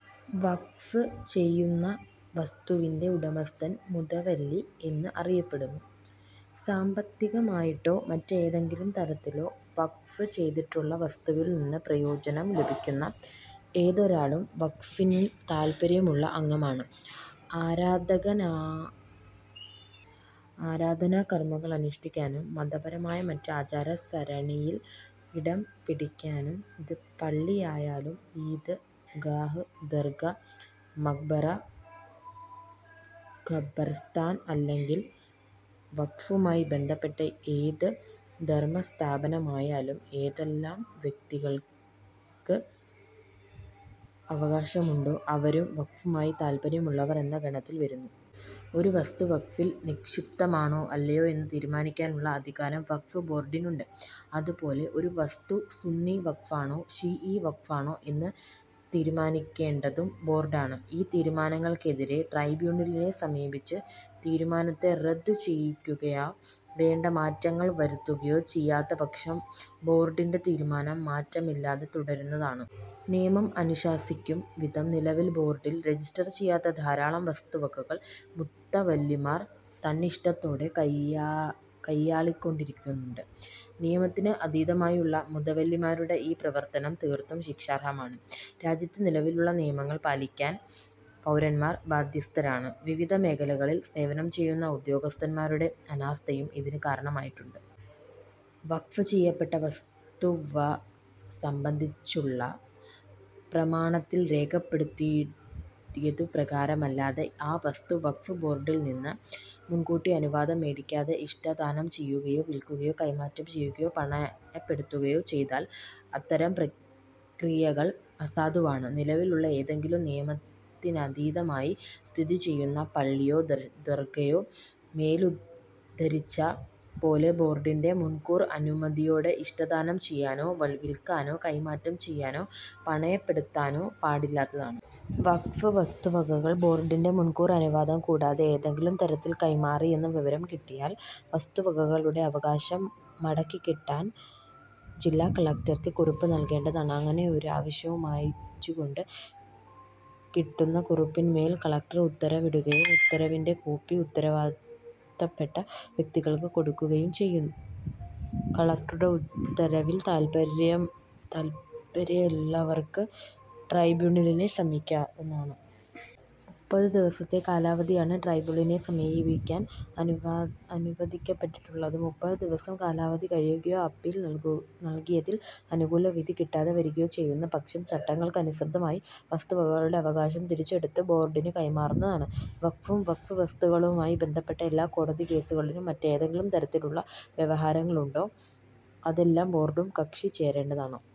വഖ്ഫ് ചെയ്യുന്ന വസ്തുവിന്റെ ഉടമസ്ഥൻ മുതവല്ലി എന്ന് അറിയപ്പെടുന്നു. സാമ്പത്തികമായിട്ടോ മറ്റേതെങ്കിലും തരത്തിലോ വഖ്ഫ് ചെയ്തിട്ടുള്ള വസ്തുവിൽ നിന്ന് പ്രയോജനം ലഭിക്കുന്ന ഏതൊരാളും വഖ്ഫിൽ താൽപര്യമുള്ള അംഗമാണ്. ആരാധനാ കർമ്മങ്ങളനുഷ്ഠിക്കാനും, മതപരമായ മറ്റ് ആചാര സരണിയിൽ ഇടംപിടിയ്ക്കാനും, അത് പള്ളിയായാലും, ഈദ് ഗാഹ്, ദർഗാ, മഖ്ബറ, ഖബ്ർസ്ഥാൻ അല്ലെങ്കിൽ വഖ്ഫുമായി ബന്ധപ്പെട്ട ഏത് ധർമസ്ഥാപനമായാലും ഏതെല്ലാം വ്യക്തികൾക്ക് അവകാശമുണ്ടോ അവരും വഖ്ഫുമായി താൽപര്യമുള്ളവർ എന്ന ഗണത്തിൽ വരുന്നു. ഒരു വസ്തു വഖ്ഫിൽ നിക്ഷിപ്തമാണോ അല്ലയോ എന്ന് തീരുമാനിക്കാനുള്ള അധികാരം വഖ്ഫ് ബോർഡിനുണ്ട്. അതുപോലെ ഒരു വസ്തു സുന്നീ വഖ്ഫാണോ ശീഈ വഖ്ഫാണോ എന്ന് തീരുമാനിക്കേണ്ടതും ബോർഡാണ്. ഈ തീരുമാനങ്ങൾക്കെതിരെ ട്രൈബ്യൂണലിനെ സമീപിച്ച് തീരുമാനത്തെ റദ്ദ് ചെയ്യിക്കുകയോ, വേണ്ട മാറ്റങ്ങൾ വരുത്തുകയോ ചെയ്യാത്തപക്ഷം ബോർഡിന്റെ തീരുമാനം മാറ്റമില്ലാതെ തുടരുന്നതാണ്. നിയമം അനുശാസിക്കും വിധം നിലവിൽ ബോർഡിൽ രജിസ്റ്റർ ചെയ്യാത്ത ധാരാളം വസ്തുവകകൾ മുത്തവല്ലിമാർ തന്നിഷ്ടത്തോടെ കയ്യാളിക്കൊണ്ടിരിക്കുന്നുണ്ട്. നിയമത്തിന് അതീതമായുള്ള മുതവല്ലിമാരുടെ ഈ പ്രവർത്തനം തീർത്തും ശിക്ഷാർഹമാണ്. രാജ്യത്ത് നിലവിലുള്ള നിയമങ്ങൾ പാലിക്കാൻ പൗരന്മാർ ബാധ്യസ്ഥരാണ്. വിവിധ മേഖലകളിൽ സേവനം ചെയ്യുന്ന ഉദ്യോഗസ്ഥന്മാരുടെ അനാസ്ഥയും ഇതിന് കാരണമായിട്ടുണ്ട്. വഖഫ് ചെയ്യപ്പെട്ട വസ്തുവെ സംബന്ധിച്ചുള്ള പ്രമാണത്തിൽ രേഖപ്പെടുത്തിയതു പ്രകാരമല്ലാതെ, ആ വസ്തു വഖ്ഫ് ബോർഡിൽ നിന്ന് മുൻകൂട്ടി അനുവാദം മേടിക്കാതെ ഇഷ്ടദാനം ചെയ്യുകയോ വിൽക്കുകയോ കൈമാറ്റം ചെയ്യുകയോ പണയപ്പെടുത്തുകയോ ചെയ്താൽ അത്തരം പ്രക്രിയകൾ അസാധുവാണ്. നിലവിലുള്ള ഏതെങ്കിലം നിയമത്തിനധീനമായി സ്ഥിതി ചെയ്യുന്ന പള്ളിയോ ദർഗയോ മേലുദ്ധരിച്ച പോലെ ബോർഡിന്റെ മുൻകൂർ അനുമതിയോടെ ഇഷ്ടദാനം ചെയ്യാനോ, വിൽക്കാനോ കൈമാറ്റം ചെയ്യാനോ പണയപ്പെടുത്താനോ പാടില്ലാത്തതാണ്. വഖ്ഫ് വസ്തുവകകൾ ബോർഡിന്റെ മുൻകൂർ അനുവാദം കൂടാതെ ഏതെങ്കിലും തരത്തിൽ കൈമാറിയെന്ന വിവരം കിട്ടിയാൽ വസ്തുവകകളുടെ അവകാശം മടക്കിക്കിട്ടാൻ ജില്ലാ കളക്ടർക്ക് കുറിപ്പ് നൽകേണ്ടതാണ്. അങ്ങനെയൊരാവശ്യമുന്നയിച്ചുകൊണ്ട് കിട്ടുന്ന കുറിപ്പിന്മേൽ കളക്ടർ ഉത്തരവിടുകയും ഉത്തരവിന്റെ കോപ്പി ഉത്തരവാദത്തപ്പെട്ട വ്യക്തികൾക്ക് കൊടുക്കുകയും ചെയ്യും. കളക്ടറുടെ ഉത്തരവിൽ തൃപ്തരല്ലാവർക്ക് ട്രൈബ്യൂണലിനെ സമീപിക്കാവുന്നതാണ്. മുപ്പത് ദിവസത്തെ കാലാവധിയാണ് ട്രൈബ്യൂണലിനെ സമീപിക്കാൻ അനുവദിക്കപ്പെട്ടിട്ടുള്ളത്. മുപ്പത് ദിവസ കാലാവധി കഴിയുകയോ, അപ്പീൽ നൽകിയതിൽ അനുകൂല വിധി കിട്ടാതെ വരികയോ ചെയ്യുന്ന പക്ഷം ചട്ടങ്ങൾക്കനുസൃതമായി വസ്തുവകകളുടെ അവകാശം തിരിച്ചെടുത്ത് ബോർഡിന് കൈമാറുന്നതാണ്. വഖ്ഫും വഖ്ഫ് വസ്തുക്കളുമായി ബന്ധപ്പെട്ട എല്ലാ കോടതി കേസുകളിലും മറ്റേതെങ്കിലും തരത്തിലുള്ള വ്യവഹാരങ്ങളുണ്ടോ, അതിലെല്ലാം ബോർഡും കക്ഷി ചേരേണ്ടതാണ്.